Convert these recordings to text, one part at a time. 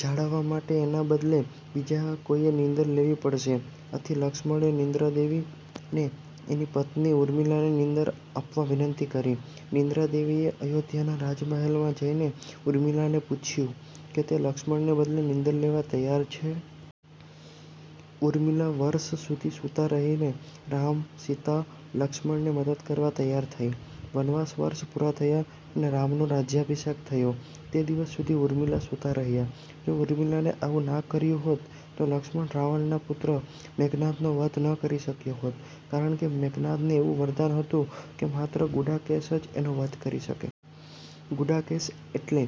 જાળવવા માટે એના બદલે બીજા કોઈએ નીંદર લેવી પડશે. આથી લક્ષ્મણે નિદ્રા દેવીને એની પત્ની ઉર્મિલાને નીંદર આપવા વિનંતી કરી. નિદ્રાદેવીએ અયોધ્યાના રાજમહેલમાં જઈને ઉર્મિલાને પૂછ્યું કે તે લક્ષ્મણને બદલે નીંદર લેવા તૈયાર છે? ઉર્મિલા વર્ષ સુધી સુતાં રહીને રામ, સીતા, લક્ષ્મણને મદદ કરવા તૈયાર થઇ! વનવાસના વર્ષ પુરા થયા અને રામનો રાજયાભિષેક થયો તે દિવસ સુધી ઉર્મિલા સુતાં રહ્યાં. જો ઉર્મિલાએ આવું ન કર્યું હોત તો લક્ષ્મણ, રાવણના પુત્ર મેઘનાદનો વધ ન કરી શક્યો હોત કારણકે મેઘનાદને એવું વરદાન હતું કે માત્ર "ગુડાકેશ" જ એનો વધ કરી શકે. ગુડાકેશ એટલે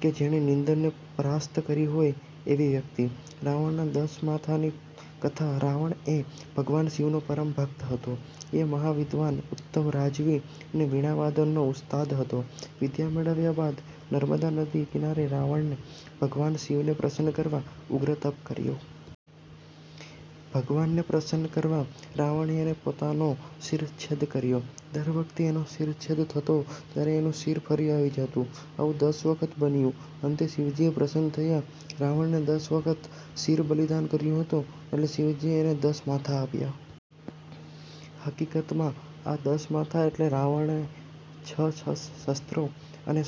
કે જેણે નિંદરને પરાસ્ત કરી હોય એવી વ્યક્તિ. રાવણના દસ માથાંની કથા રાવણ એ ભગવાન શિવનો પરમ ભક્ત હતો. એ મહાવિદ્વાન, ઉત્તમ રાજવી અને વીણા વાદનનો ઉસ્તાદ હતો. વિદ્યા મેળવ્યા બાદ, નર્મદા નદીને કિનારે રાવણે ભગવાન શિવને પ્રસન્ન કરવા ઉગ્ર તપ કર્યું. ભગવાનને પ્રસન્ન કરવા રાવણે એનો પોતાનો શિરચ્છેદ કર્યો. દર વખતે એનો શિરચ્છેદ થતો ત્યારે એનું શિર ફરી આવી જતું. આવું દસ વખત બન્યું. અંતે શિવજી પ્રસન્ન થયા. રાવણે દસ વખત શિર બલિદાન કર્યું હતું એટલે શિવજીએ એને દસ માથાં આપ્યાં. હકીકતમાં આ દસ માથાં એટલે રાવણે છ શાસ્ત્રો અને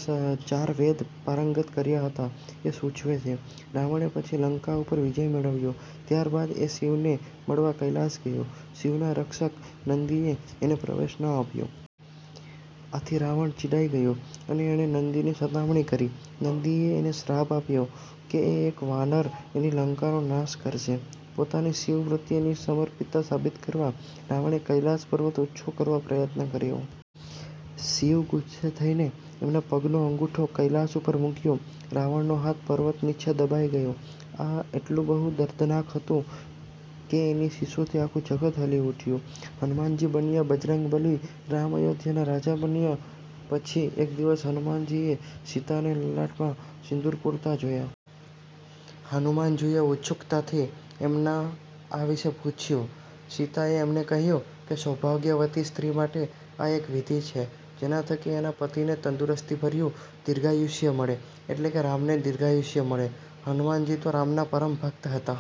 ચાર વેદ પારંગત કર્યા હતા એ સૂચવે છે. રાવણે પછી લંકા ઉપર વિજય મેળવ્યો. ત્યાર બાદ એ શિવને મળવા કૈલાશ ગયો. શિવના રક્ષક નંદીએ એને પ્રવેશ ન આપ્યો. આથી રાવણ ચિડાઈ ગયો અને એણે નંદીની સતામણી કરી. નંદીએ એને શ્રાપ આપ્યો કે એક વાનર એની લંકાનો નાશ કરશે! પોતાની શિવ પ્રત્યેની સમર્પિતતા સાબિત કરવા રાવણે કૈલાશ પર્વત ઉંચો કરવા પ્રયત્ન કર્યો. શિવે ગુસ્સે થઈને એમના પગનો અંગુઠો કૈલાશ ઉપર મુક્યો. રાવણનો હાથ પર્વત નીચે દબાઈ ગયો. આ એટલું બધું દર્દનાક હતું કે એની ચીસોથી આખું જગત હલી ઉઠ્યું. હનુમાનજી બન્યા બજરંગ બલી! રામ અયોધ્યાના રાજા બન્યા પછી એક દિવસ હનુમાનજીએ સીતાને લલાટમાં સિંદુર પુરતાં જોયાં. હનુમાનજીએ ઉત્સુકતાથી એમને આ વિષે પૂછ્યું. સીતાએ એમને કહ્યું કે સૌભાગ્યવતી સ્ત્રી માટે આ એક વિધિ છે જેના થકી એના પતિને તંદુરસ્તીભર્યું દીર્ધાયુષ્ય મળે. એટલે કે રામને દીર્ધાયુષ્ય મળે. હનુમાનજી તો રામના પરમ ભક્ત હતા.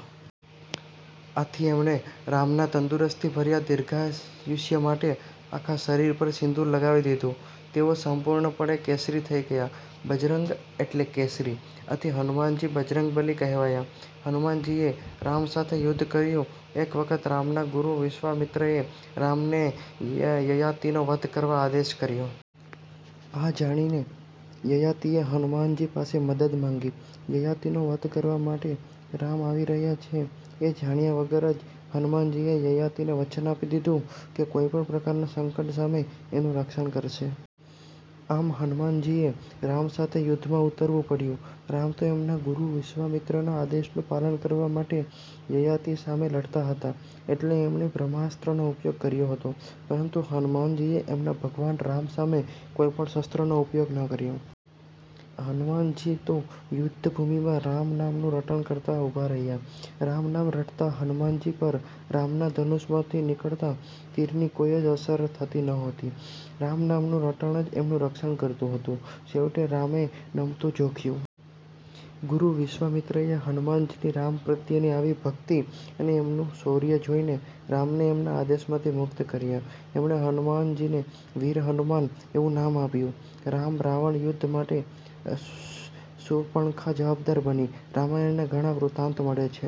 આથી એમણે રામના તંદુરસ્તીભર્યા દીર્ધાયુષ્ય માટે આખા શરીર પર સિંદુર લગાવી દીધું! તેઓ સંપૂર્ણપણે કેસરી થઇ ગયા! બજરંગ એટલે કેસરી. આથી હનુમાનજી બજરંગબલી કહેવાયા! હનુમાનજીએ રામ સાથે યુદ્ધ કર્યું! એક વખત રામના ગુરુ વિશ્વામિત્રએ રામને યયાતિનો વધ કરવા આદેશ કર્યો. આ જાણીને યયાતિએ હનુમાનજી પાસે મદદ માંગી. યયાતિનો વધ કરવા માટે રામ આવી રહ્યા છે એ જાણ્યા વગર જ હનુમાનજીએ યયાતિને વચન આપી દીધું કે કોઈ પણ પ્રકારના સંકટ સામે એનું રક્ષણ કરશે. આમ, હનુમાનજીએ રામ સાથે યુદ્ધમાં ઉતરવું પડ્યું! રામ તો એમના ગુરુ વિશ્વામિત્રના આદેશનું પાલન કરવા માટે યયાતિ સામે લડતા હતા એટલે એમણે બ્રહ્માસ્ત્રનો ઉપયોગ કર્યો. પરંતુ હનુમાનજીએ એમના ભગવાન રામ સામે કોઈ પણ શસ્ત્રનો ઉપયોગ ન કર્યો. હનુમાનજી તો યુદ્ધભૂમિમાં રામ નામનું રટણ કરતા ઉભા રહ્યા. રામ નામ રટતા હનુમાનજી પર રામના ધનુષમાંથી નીકળતા તીરની કોઈ જ અસર થતી નહોતી. રામ નામનું રટણ જ એમનું રક્ષણ કરતું હતું. છેવટે રામે નમતું જોખ્યું. ગુરુ વિશ્વામિત્રએ હનુમાનજીની રામ પ્રત્યેની આવી ભક્તિ અને એમનું શોર્ય જોઇને રામને એમના આદેશમાંથી મુક્ત કર્યા. એમણે હનુમાનજીને "વીર હનુમાન" એવું નામ આપ્યું. રામ રાવણ યુદ્ધ માટે શુર્પણખા જવાબદાર બની રામાયણના ઘણા વૃત્તાંત મળે છે.